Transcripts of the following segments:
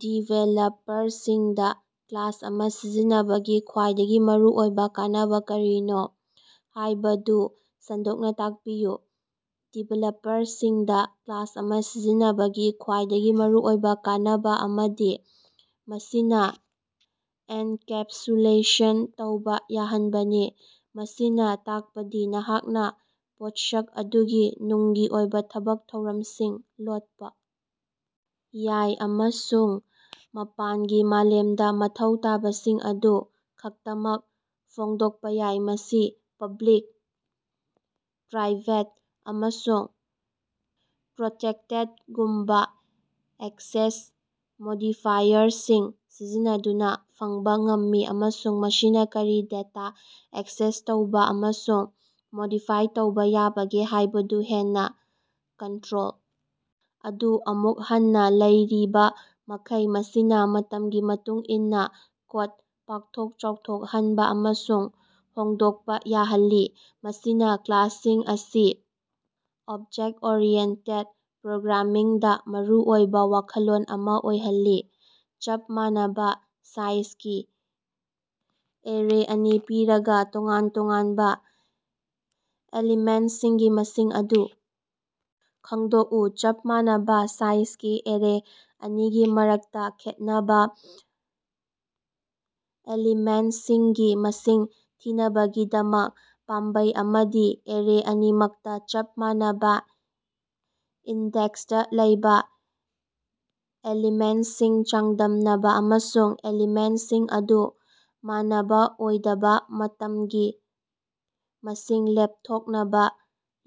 ꯗꯤꯕꯦꯂꯞꯄꯔꯁꯤꯡꯗ class ꯑꯃ ꯁꯤꯖꯤꯟꯅꯕꯒꯤ ꯈ꯭ꯋꯥꯏꯗꯒꯤ ꯃꯔꯨꯑꯣꯏꯕ ꯀꯥꯟꯅꯕ ꯀꯔꯤꯅꯣ ꯍꯥꯏꯕꯗꯨ ꯁꯟꯗꯣꯛꯅ ꯇꯥꯛꯄꯤꯌꯨ? ꯗꯤꯕꯦꯂꯞꯄꯔꯁꯤꯡꯗ ꯀ꯭ꯂꯥꯁ ꯑꯃ ꯁꯤꯖꯤꯟꯅꯕꯒꯤ ꯈ꯭ꯋꯥꯏꯗꯒꯤ ꯃꯔꯨꯑꯣꯏꯕ ꯀꯥꯟꯅꯕ ꯑꯃꯗꯤ ꯃꯁꯤꯅ ꯑꯦꯟꯀꯦꯞꯁꯨꯂꯦꯁꯟ ꯇꯧꯕ ꯌꯥꯍꯟꯕꯅꯤ꯫ ꯃꯁꯤꯅ ꯇꯥꯛꯄꯗꯤ ꯅꯍꯥꯛꯅ ꯄꯣꯠꯁꯛ ꯑꯗꯨꯒꯤ ꯅꯨꯡꯒꯤ ꯑꯣꯏꯕ ꯊꯕꯛ ꯊꯧꯔꯝꯁꯤꯡ ꯂꯣꯠꯄ ꯌꯥꯏ ꯑꯃꯁꯨꯡ ꯃꯄꯥꯟꯒꯤ ꯃꯥꯂꯦꯝꯗ ꯃꯊꯧ ꯇꯥꯕꯁꯤꯡ ꯑꯗꯨ ꯈꯛꯇꯃꯛ ꯐꯣꯡꯗꯣꯛꯄ ꯌꯥꯏ꯫ ꯃꯁꯤ ꯄꯕ꯭ꯂꯤꯛ, ꯄ꯭ꯔꯥꯏꯚꯦꯠ ꯑꯃꯁꯨꯡ ꯄ꯭ꯔꯣꯇꯦꯛꯇꯦꯗꯒꯨꯝꯕ ꯑꯦꯛꯁꯦꯁ ꯃꯣꯗꯤꯐꯥꯏꯌꯔꯁꯤꯡ ꯁꯤꯖꯤꯟꯅꯗꯨꯅ ꯐꯪꯕ ꯉꯝꯃꯤ ꯑꯃꯁꯨꯡ ꯃꯁꯤꯅ ꯀꯔꯤ ꯗꯦꯇꯥ ꯑꯦꯛꯁꯦꯁ ꯇꯧꯕꯥ ꯑꯃꯁꯨꯡ ꯃꯣꯗꯤꯐꯥꯏ ꯇꯧꯕꯥ ꯌꯥꯕꯒꯦ ꯍꯥꯏꯕꯗꯨ ꯍꯦꯟꯅ ꯀꯟꯇ꯭ꯔꯣꯜ ꯑꯗꯨ ꯑꯃꯨꯛ ꯍꯟꯅ ꯂꯩꯔꯤꯕꯃꯈꯩ꯫ ꯃꯁꯤꯅ ꯃꯇꯝꯒꯤ ꯃꯇꯨꯡ ꯏꯟꯅ ꯀꯣꯗ ꯄꯥꯛꯊꯣꯛ ꯆꯥꯎꯊꯣꯛꯍꯟꯕ ꯑꯃꯁꯨꯡ ꯍꯣꯡꯗꯣꯛꯄ ꯌꯥꯍꯜꯂꯤ, ꯃꯁꯤꯅꯥ ꯀ꯭ꯂꯥꯁꯁꯤꯡ ꯑꯁꯤ ꯑꯣꯕꯖꯦꯛꯇ-ꯑꯣꯔꯤꯑꯦꯟꯇꯦꯗ ꯄ꯭ꯔꯣꯒ꯭ꯔꯥꯃꯤꯡꯗꯥ ꯃꯔꯨꯑꯣꯏꯕ ꯋꯥꯈꯜꯂꯣꯟ ꯑꯃ ꯑꯣꯏꯍꯜꯂꯤ꯫ ꯆꯞ ꯃꯥꯟꯅꯕꯥ ꯁꯥꯏꯖꯒꯤ ꯑꯦꯔꯦ ꯑꯅꯤ ꯄꯤꯔꯒ, ꯇꯣꯉꯥꯟ-ꯇꯣꯉꯥꯟꯕ ꯑꯦꯂꯤꯃꯦꯟꯇꯁꯤꯡꯒꯤ ꯃꯁꯤꯡ ꯑꯗꯨ ꯈꯪꯗꯣꯛꯎ꯫ ꯆꯞ ꯃꯥꯟꯅꯕ ꯁꯥꯏꯖꯒꯤ ꯑꯦꯔꯦ ꯑꯅꯤꯒꯤ ꯃꯔꯛꯇꯥ ꯈꯦꯠꯅꯕ ꯑꯦꯂꯤꯃꯦꯟꯇꯁꯤꯡꯒꯤ ꯃꯁꯤꯡ ꯊꯤꯅꯕꯒꯤꯗꯃꯛ, ꯄꯥꯝꯕꯩ ꯑꯃꯗꯤ ꯑꯦꯔꯦ ꯑꯅꯤꯃꯛꯇ ꯆꯞ ꯃꯥꯟꯅꯕ ꯏꯟꯗꯦꯛꯁꯇ ꯂꯩꯕ ꯑꯦꯂꯤꯃꯦꯟꯇꯁꯤꯡ ꯆꯥꯡꯗꯝꯅꯕ ꯑꯃꯁꯨꯡ ꯑꯦꯂꯤꯃꯦꯟꯇꯁꯤꯡ ꯑꯗꯨ ꯃꯥꯟꯅꯕ ꯑꯣꯏꯗꯕ ꯃꯇꯝꯒꯤ ꯃꯁꯤꯡ ꯂꯦꯞꯊꯣꯛꯅꯕ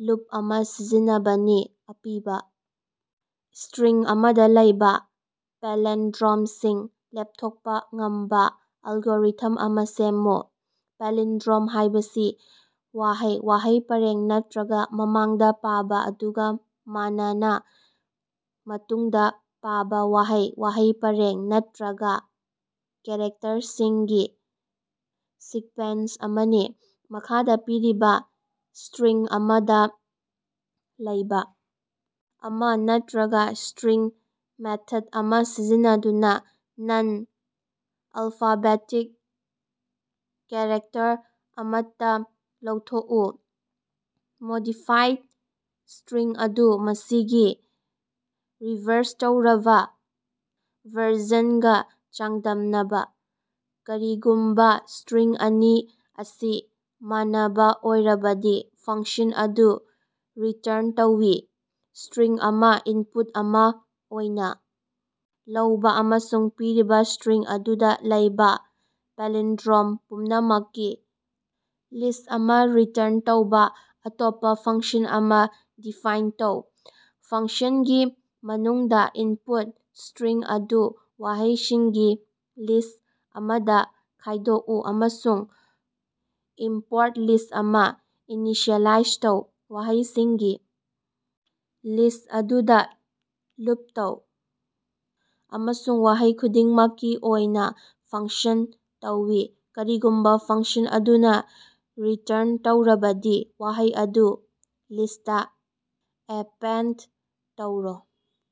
ꯂꯨꯞ ꯑꯃ ꯁꯤꯖꯤꯟꯅꯕꯅꯤ꯫ ꯑꯄꯤꯕ ꯏꯁꯇ꯭ꯔꯤꯡ ꯑꯃꯗ ꯂꯩꯕ ꯄꯦꯂꯦꯟꯗ꯭ꯔꯣꯝꯁꯤꯡ ꯂꯦꯞꯊꯣꯛꯄ ꯉꯝꯕ ꯑꯦꯜꯒꯣꯔꯤꯊꯝ ꯑꯃ ꯁꯦꯝꯃꯨ꯫ ꯄꯥꯂꯤꯟꯗ꯭ꯔꯣꯝ ꯍꯥꯏꯕꯁꯤ ꯋꯥꯍꯩ, ꯋꯥꯍꯩ ꯄꯔꯦꯡ ꯅꯠꯇ꯭ꯔꯒ ꯃꯃꯥꯡꯗ ꯄꯥꯕ ꯑꯗꯨꯒ ꯃꯥꯟꯅꯅ ꯃꯇꯨꯡꯗ ꯄꯥꯕ ꯋꯥꯍꯩ, ꯋꯥꯍꯩ ꯄꯔꯦꯡ ꯅꯠꯇ꯭ꯔꯒ ꯀꯦꯔꯦꯛꯇꯔꯁꯤꯡꯒꯤ ꯁꯤꯛꯕꯦꯟꯁ ꯑꯃꯅꯤ꯫ ꯃꯈꯥꯗ ꯄꯤꯔꯤꯕ ꯏꯁꯇ꯭ꯔꯤꯡ ꯑꯃꯗ ꯂꯩꯕ ꯑꯃ ꯅꯠꯇ꯭ꯔꯒ ꯏꯁꯇ꯭ꯔꯤꯡ ꯃꯦꯊꯠ ꯑꯃ ꯁꯤꯖꯤꯟꯅꯗꯨꯅ ꯅꯟ-ꯑꯜꯐꯥꯕꯦꯇꯤꯛ ꯀꯦꯔꯦꯛꯇꯔ ꯑꯃꯠꯇ ꯂꯧꯊꯣꯛꯎ꯫ ꯃꯣꯗꯤꯐꯥꯏꯗ ꯏꯁꯇ꯭ꯔꯤꯡ ꯑꯗꯨ ꯃꯁꯤꯒꯤ ꯔꯤꯚꯥꯔꯁ ꯇꯧꯔꯕ ꯚꯔꯖꯟꯒ ꯆꯥꯡꯗꯝꯅꯕ꯫ ꯀꯔꯤꯒꯨꯝꯕ ꯏꯁꯇ꯭ꯔꯤꯡ ꯑꯅꯤ ꯑꯁꯤ ꯃꯥꯟꯅꯕ ꯑꯣꯏꯔꯕꯗꯤ, ꯐꯪꯁꯟ ꯑꯗꯨ ꯔꯤꯇꯔꯟ ꯇꯧꯏ꯫ ꯏꯁꯇ꯭ꯔꯤꯡ ꯑꯃ ꯏꯟꯄꯨꯠ ꯑꯃ ꯑꯣꯏꯅ ꯂꯧꯕ ꯑꯃꯁꯨꯡ ꯄꯤꯔꯤꯕ ꯏꯁꯇ꯭ꯔꯤꯡ ꯑꯗꯨꯗꯥ ꯂꯩꯕꯥ ꯄꯥꯂꯤꯟꯗ꯭ꯔꯣꯝ ꯄꯨꯝꯅꯃꯛꯀꯤ ꯂꯤꯁ꯭ꯠ ꯑꯃ ꯔꯤꯇꯔꯟ ꯇꯧꯕ ꯑꯇꯣꯞꯄ ꯐꯪꯁꯟ ꯑꯃ ꯗꯤꯐꯥꯏꯟ ꯇꯧ꯫ ꯐꯪꯁꯟꯒꯤ ꯃꯅꯨꯡꯗ, ꯏꯟꯄꯨꯠ ꯏꯁꯇ꯭ꯔꯤꯡ ꯑꯗꯨ ꯋꯥꯍꯩꯁꯤꯡꯒꯤ ꯂꯤꯁ ꯑꯃꯗ ꯈꯥꯏꯗꯣꯛꯎ, ꯑꯃꯁꯨꯡ ꯏꯝꯄꯣꯔꯠ ꯂꯤꯁ ꯑꯃ ꯏꯅꯤꯁꯤꯑꯦꯂꯥꯏꯖ ꯇꯧ꯫ ꯋꯥꯍꯩꯁꯤꯡꯒꯤ ꯂꯤꯁ꯭ꯠ ꯑꯗꯨꯗ ꯂꯨꯞ ꯇꯧ, ꯑꯃꯁꯨꯡ ꯋꯥꯍꯩ ꯈꯨꯗꯤꯡꯃꯛꯀꯤ ꯑꯣꯏꯅ ꯐꯪꯁꯟ ꯇꯧꯏ꯫ ꯀꯔꯤꯒꯨꯝꯕ ꯐꯪꯁꯟ ꯑꯗꯨꯅ ꯔꯤꯇꯔꯟ ꯇꯧꯔꯕꯗꯤ, ꯋꯥꯍꯩ ꯑꯗꯨ ꯂꯤꯁꯇ ꯑꯦꯄꯦꯟ ꯇꯧꯔꯣ꯫